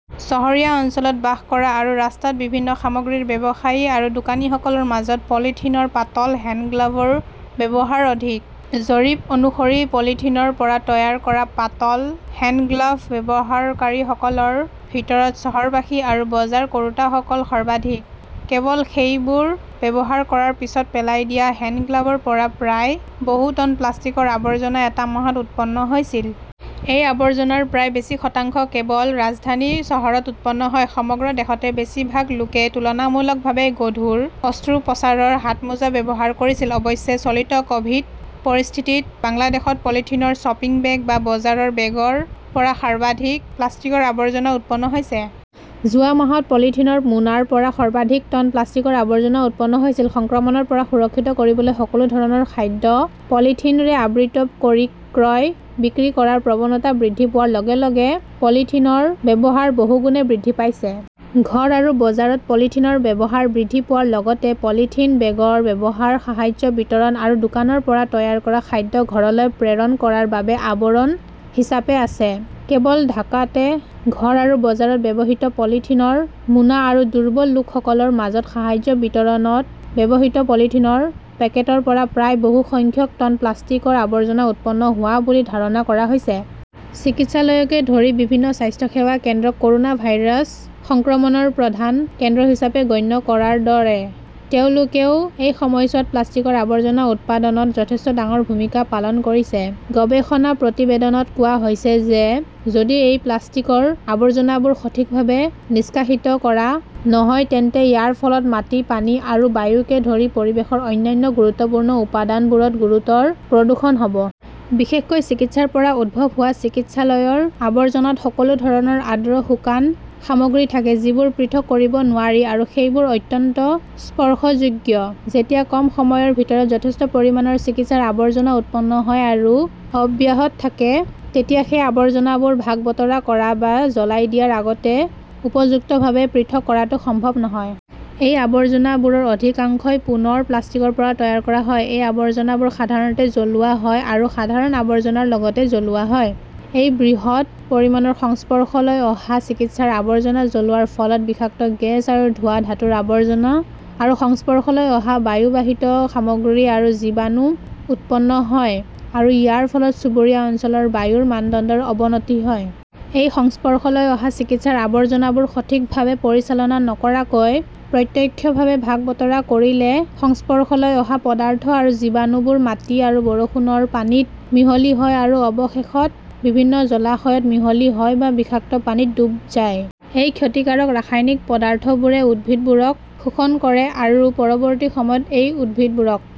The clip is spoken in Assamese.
চহৰীয়া অঞ্চলত বাস কৰা আৰু ৰাস্তাত বিভিন্ন সামগ্ৰীৰ ব্যৱসায়ী আৰু দোকানীসকলৰ মাজত পলিথিনৰ পাতল হেণ্ডগ্লাভৰ ব্যৱহাৰ অধিক। জৰীপ অনুসৰি পলিথিনৰ পৰা তৈয়াৰ কৰা পাতল হেণ্ডগ্লাভ ব্যৱহাৰকাৰীসকলৰ ভিতৰত চহৰবাসী আৰু বজাৰ কৰোঁতাসকল সৰ্বাধিক। কেৱল সেইবোৰ ব্যৱহাৰ কৰাৰ পিছত পেলাই দিয়া হেণ্ডগ্লাভৰ পৰা প্ৰায় বহু টন প্লাষ্টিকৰ আৱৰ্জনা এটা মাহত উৎপন্ন হৈছিল। এই আৱৰ্জনাৰ প্ৰায় বেছি শতাংশ কেৱল ৰাজধানী চহৰত উৎপন্ন হয়। সমগ্ৰ দেশতে বেছি ভাগ লোকে তুলনামূলকভাৱে গধুৰ অস্ত্ৰোপচাৰৰ হাতমোজা ব্যৱহাৰ কৰিছিল। অৱশ্যে চলিত ক'ভিড পৰিস্থিতিত বাংলাদেশত পলিথিনৰ শ্বপিং বেগ বা বজাৰৰ বেগৰ পৰা সৰ্বাধিক প্লাষ্টিকৰ আৱৰ্জনা উৎপন্ন হৈছে। যোৱা মাহত পলিথিনৰ মোনাৰ পৰা সৰ্বাধিক টন প্লাষ্টিকৰ আৱৰ্জনা উৎপন্ন হৈছিল। সংক্ৰমণৰ পৰা সুৰক্ষিত কৰিবলৈ সকলো ধৰণৰ খাদ্য পলিথিনৰে আবৃত কৰি ক্ৰয় বিক্ৰী কৰাৰ প্ৰৱণতা বৃদ্ধি পোৱাৰ লগে লগে পলিথিনৰ ব্যৱহাৰ বহুগুণে বৃদ্ধি পাইছে। ঘৰ আৰু বজাৰত পলিথিনৰ ব্যৱহাৰ বৃদ্ধি পোৱাৰ লগতে পলিথিন বেগৰ ব্যৱহাৰ সাহায্য বিতৰণ আৰু দোকানৰ পৰা তৈয়াৰ কৰা খাদ্য ঘৰলৈ প্ৰেৰণ কৰাৰ বাবে আৱৰণ হিচাপে আছে। কেৱল ঢাকাতে ঘৰ আৰু বজাৰত ব্যৱহৃত পলিথিনৰ মোনা আৰু দুৰ্বল লোকসকলৰ মাজত সাহায্য বিতৰণত ব্যৱহৃত পলিথিনৰ পেকেটৰ পৰা প্ৰায় বহু সংখ্যক টন প্লাষ্টিকৰ আৱৰ্জনা উৎপন্ন হোৱা বুলি ধাৰণা কৰা হৈছে। চিকিৎসালয়কে ধৰি বিভিন্ন স্বাস্থ্যসেৱা কেন্দ্ৰক ক'ৰোনা ভাইৰাছ সংক্ৰমণৰ প্ৰধান কেন্দ্ৰ হিচাপে গণ্য কৰাৰ দৰে। তেওঁলোকেও এই সময়ছোৱাত প্লাষ্টিকৰ আৱৰ্জনা উৎপাদনত যথেষ্ট ডাঙৰ ভূমিকা পালন কৰিছে। গৱেষণা প্ৰতিবেদনত কোৱা হৈছে যে যদি এই প্লাষ্টিকৰ আৱৰ্জনাবোৰ সঠিকভাৱে নিষ্কাশিত কৰা নহয়, তেন্তে ইয়াৰ ফলত মাটি, পানী আৰু বায়ুকে ধৰি পৰিৱেশৰ অন্যান্য গুৰুত্বপূৰ্ণ উপাদানবোৰত গুৰুতৰ প্ৰদূষণ হ'ব। বিশেষকৈ চিকিৎসাৰ পৰা উদ্ভৱ হোৱা চিকিৎসালয়ৰ আৱৰ্জনাত সকলো ধৰণৰ আৰ্দ্ৰ শুকান সামগ্ৰী থাকে যিবোৰ পৃথক কৰিব নোৱাৰি, আৰু সেইবোৰ অত্যন্ত স্পৰ্শযোগ্য। যেতিয়া কম সময়ৰ ভিতৰত যথেষ্ট পৰিমাণৰ চিকিৎসাৰ আৱৰ্জনা উৎপন্ন হয় আৰু অব্যাহত থাকে, তেতিয়া সেই আৱৰ্জনাবোৰ ভাগ-বতৰা কৰা বা জ্বলাই দিয়াৰ আগতে উপযুক্তভাৱে পৃথক কৰাটো সম্ভৱ নহয়। এই আৱৰ্জনাবোৰৰ অধিকাংশই পুনৰ প্লাষ্টিকৰ পৰা তৈয়াৰ কৰা হয়। এই আৱৰ্জনাবোৰ সাধাৰণতে জ্বলোৱা হয় আৰু সাধাৰণ আৱৰ্জনাৰ লগতে জ্বলোৱা হয়। এই বৃহৎ পৰিমাণৰ সংস্পৰ্শলৈ অহা চিকিৎসাৰ আৱৰ্জনা জ্বলোৱাৰ ফলত বিষাক্ত গেছ আৰু ধোঁৱা, ধাতুৰ আৱৰ্জনা আৰু সংস্পৰ্শলৈ অহা বায়ুবাহিত সামগ্ৰী আৰু জীৱাণু উৎপন্ন হয়, আৰু ইয়াৰ ফলত চুবুৰীয়া অঞ্চলৰ বায়ুৰ মানদণ্ডৰ অৱনতি হয়। এই সংস্পৰ্শলৈ অহা চিকিৎসাৰ আৱৰ্জনাবোৰ সঠিকভাৱে পৰিচালনা নকৰাকৈ প্ৰত্যক্ষভাৱে ভাগ-বতৰা কৰিলে, সংস্পৰ্শলৈ অহা পদাৰ্থ আৰু জীৱাণুবোৰ মাটি আৰু বৰষুণৰ পানীত মিহলি হয় আৰু অৱশেষত বিভিন্ন জলাশয়ত মিহলি হয় বা বিষাক্ত পানীত ডুব যায়। এই ক্ষতিকাৰক ৰাসায়নিক পদাৰ্থবোৰে উদ্ভিদবোৰক শোষণ কৰে আৰু পৰৱৰ্তী সময়ত এই উদ্ভিদবোৰক